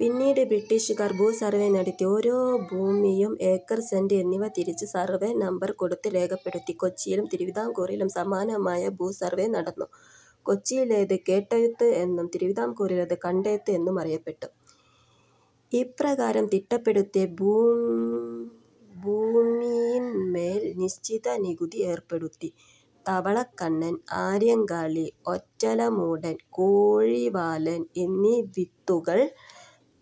പിന്നീട് ബ്രിട്ടീഷുകാർ ഭൂസർവേ നടത്തി ഓരോ ഭൂമിയും ഏക്കർ, സെന്റ് എന്നിവ തിരിച്ച് സർവേ നമ്പർ കൊടുത്ത് രേഖപ്പെടുത്തി. കൊച്ചിയിലും തിരുവിതാംകൂറിലും സമാനമായ ഭൂസർവേകൾ നടന്നു. കൊച്ചിയിലേത് കേട്ടെഴുത്ത് എന്നും തിരുവിതാംകൂറിലേത് കണ്ടെഴുത്ത് എന്നും അറിയപ്പെട്ടു. ഇപ്രകാരം തിട്ടപ്പെടുത്തിയ ഭൂമിയിൻമേൽ നിശ്ചിത നികുതി ഏർപ്പെടുത്തി. തവളക്കണ്ണൻ, ആര്യങ്കാളി, ഒറ്റലമൂടൻ, കോഴിവാലൻ എന്നീ വിത്തുകൾ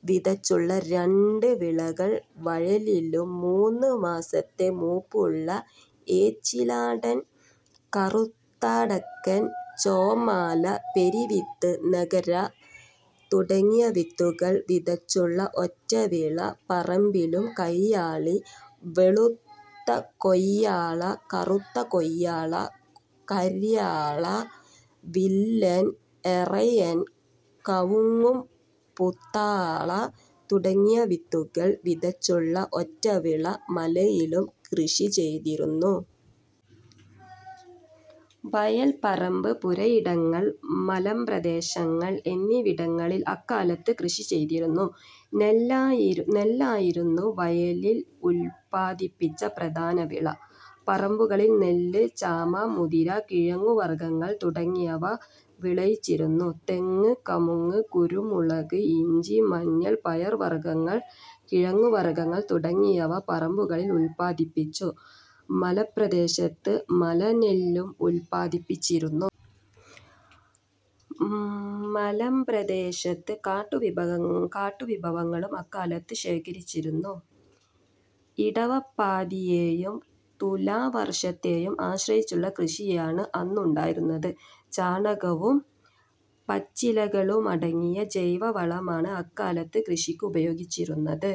വിതച്ചുള്ള രണ്ട് വിളകൾ വയലിലും മൂന്നു മാസത്തെ മൂപ്പുള്ള ഏച്ചിലാടൻ, കറുത്തടക്കൻ, ചോമാല, പെരവിത്ത്, നകര തുടങ്ങിയ വിത്തുകൾ വിതച്ചുള്ള ഒറ്റവിള പറമ്പിലും കയ്യാളി, വെളുത്ത കൊയ്യാള കറുത്ത കൊയ്യാള, കര്വാള, വില്ലൻ, എറയൻ, കവുങ്ങും പുത്താള തുടങ്ങിയ വിത്തുകൾ വിതച്ചുള്ള ഒറ്റവിള മലയിലും കൃഷിചെയ്തിരുന്നു. വയൽ, പറമ്പ്, പുരയിടങ്ങൾ, മലമ്പ്രദേശങ്ങൾ എന്നിവിടങ്ങളിൽ അക്കാലത്ത് കൃഷിചെയ്തിരുന്നു. നെല്ലായിരുന്നു വയലിൽ ഉൽപ്പാദിപ്പിച്ച പ്രധാന വിള. പറമ്പുകളിൽ നെല്ല്, ചാമ, മുതിര, കിഴങ്ങു വർഗങ്ങൾ തുടങ്ങിയവ വിളയിച്ചിരുന്നു. തെങ്ങ്, കമുക്, കുരുമുളക്, ഇഞ്ചി, മഞ്ഞൾ, പയർവർഗങ്ങൾ, കിഴങ്ങുവർഗങ്ങൾ തുടങ്ങിയവ പറമ്പുകളിൽ ഉൽപ്പാദിപ്പിച്ചു. മലമ്പ്രദേശത്ത് മലനെല്ലും ഉൽപാദിപ്പിച്ചിരുന്നു. മലമ്പ്രദേശത്തെ കാട്ടു വിഭവങ്ങളും അക്കാലത്ത് ശേഖരിച്ചിരുന്നു. ഇടവപ്പാതിയെയും തുലാവർഷത്തെയും ആശ്രയിച്ചുള്ള കൃഷിയാണ് അന്നുണ്ടായിരുന്നത്. ചാണകവും പച്ചിലകളുമടങ്ങിയ ജൈവ വളമാണ് അക്കാലത്ത് കൃഷിക്കുപയോഗിച്ചിരുന്നത്.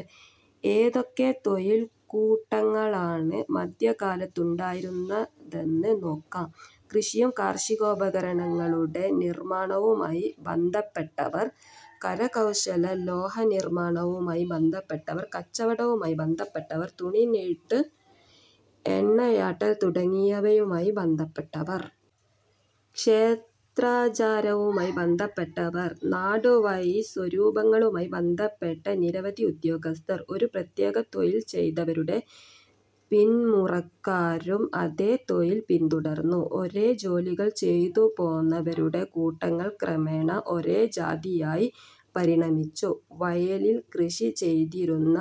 ഏതൊക്കെ തൊഴിൽക്കൂട്ടങ്ങളാണ് മധ്യകാലത്തുണ്ടായിരുന്നതെന്ന് നോക്കാം. കൃഷിയും കാർഷികോപകരണങ്ങളുടെ നിർമാണവുമായി ബന്ധപ്പെട്ടവർ. കരകൗശല- ലോഹനിർമാണവുമായി ബന്ധപ്പെട്ടവർ. കച്ചവടവുമായി ബന്ധപ്പെട്ടവർ. തുണിനെയ്ത്ത്, എണ്ണയാട്ടൽ തുടങ്ങിയവയുമായി ബന്ധപ്പെട്ടവർ. ക്ഷേത്രാചാരവുമായി ബന്ധപ്പെട്ടവർ. നാടുവാഴി സ്വരൂപങ്ങളുമായി ബന്ധപ്പെട്ട നിരവധി ഉദ്യോഗസ്ഥർ. ഒരു പ്രത്യേക തൊഴിൽ ചെയ്തവരുടെ പിന്മുറക്കാരും അതേ തൊഴിൽ പിന്തുടർന്നു. ഒരേ ജോലികൾ ചെയ്തുപോന്നവരുടെ കൂട്ടങ്ങൾ ക്രമേണ ഒരേ ജാതിയായി പരിണമിച്ചു. വയലിൽ കൃഷി ചെയ്തിരുന്ന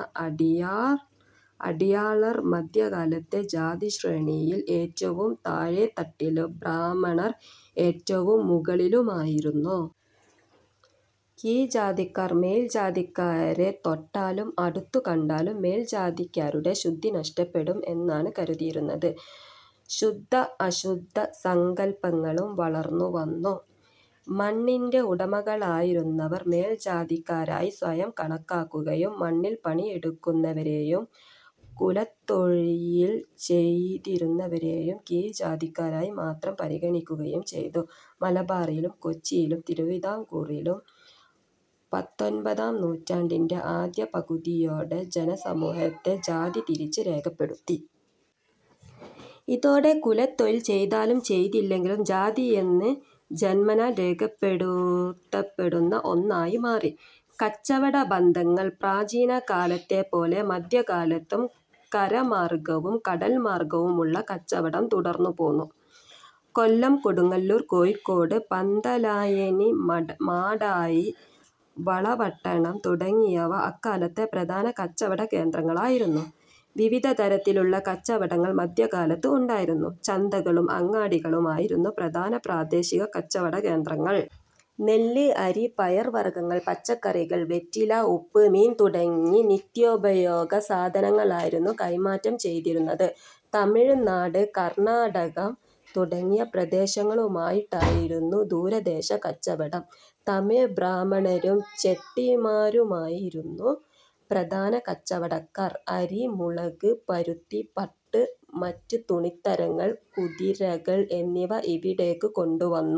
അടിയാളർ മധ്യകാലത്തെ ജാതിശ്രേണിയിൽ ഏറ്റവും താഴേത്തട്ടിലും ബ്രാഹ്മണർ ഏറ്റവും മുകളിലുമായിരുന്നു. കീഴ്ജാതിക്കാർ മേൽജാതിക്കാരെ തൊട്ടാലും അടുത്തു കണ്ടാലും മേൽജാതിക്കാരുടെ ശുദ്ധി നഷ്ടപ്പെടും എന്നാണ് കരുതിയിരുന്നത്. ശുദ്ധ അശുദ്ധ സങ്കൽപ്പങ്ങളും വളർന്നുവന്നു. മണ്ണിന്റെ ഉടമകളായിരുന്നവർ മേൽജാതിക്കാരായി സ്വയം കണക്കാക്കുകയും മണ്ണിൽ പണിയെടുക്കുന്നവരെയും കുലത്തൊഴിൽ ചെയ്തിരുന്നവരെയും കീഴ്ജാതിക്കാരായി മാത്രം പരിഗണിക്കുകയും ചെയ്തു. മലബാറിലും കൊച്ചിയിലും തിരുവിതാംകൂറിലും പത്തൊൻപതാം നൂറ്റാണ്ടിന്റെ ആദ്യ പകുതിയോടെ ജനസമൂഹത്തെ ജാതിതിരിച്ച് രേഖപ്പെടുത്തി. ഇതോടെ കുലത്തൊഴിൽ ചെയ്താലും ചെയ്തില്ലെങ്കിലും ജാതിയെന്നത് ജന്മനാൽ രേഖപ്പെടുത്തപ്പെടുന്ന ഒന്നായി മാറി. കച്ചവടബന്ധങ്ങൾ പ്രാചീനകാലത്തെപ്പോലെ മധ്യകാലത്തും കരമാർഗവും കടൽമാർഗവുമുള്ള കച്ചവടം തുടർന്നുപോന്നു. കൊല്ലം, കൊടുങ്ങല്ലൂർ, കോഴിക്കോട്, പന്തലായനി, മാടായി, വളപട്ടണം തുടങ്ങിയവ അക്കാലത്തെ പ്രധാന കച്ചവടകേന്ദ്രങ്ങളായിരുന്നു. വിവിധതരത്തിലുള്ള കച്ചവടങ്ങൾ മധ്യകാലത്ത് ഉണ്ടായിരുന്നു. ചന്തകളും അങ്ങാടികളും ആയിരുന്നു പ്രധാന പ്രാദേശിക കച്ചവടകേന്ദ്രങ്ങൾ. നെല്ല്, അരി, പയർവർഗങ്ങൾ, പച്ചക്കറികൾ, വെറ്റില, ഉപ്പ്, മീൻ തുടങ്ങിയ നിത്യോപയയോഗ സാധനങ്ങളായിരുന്നു കൈമാറ്റം ചെയ്തിരുന്നത്. തമിഴ് നാട്, കർണാടകം, തുടങ്ങിയ പ്രദേശങ്ങളുമായിട്ടായിരുന്നു ദൂരദേശ കച്ചവടം. തമിഴ് ബ്രാഹ്മണരും ചെട്ടിമാരുമായിരുന്നു പ്രധാന കച്ചവടക്കാർ. അരി, മുളക്, പരുത്തി, പട്ട്, മറ്റ് തുണിത്തരങ്ങൾ, കുതിരകൾ എന്നിവ ഇവിടേക്ക് കൊണ്ടു വന്നു.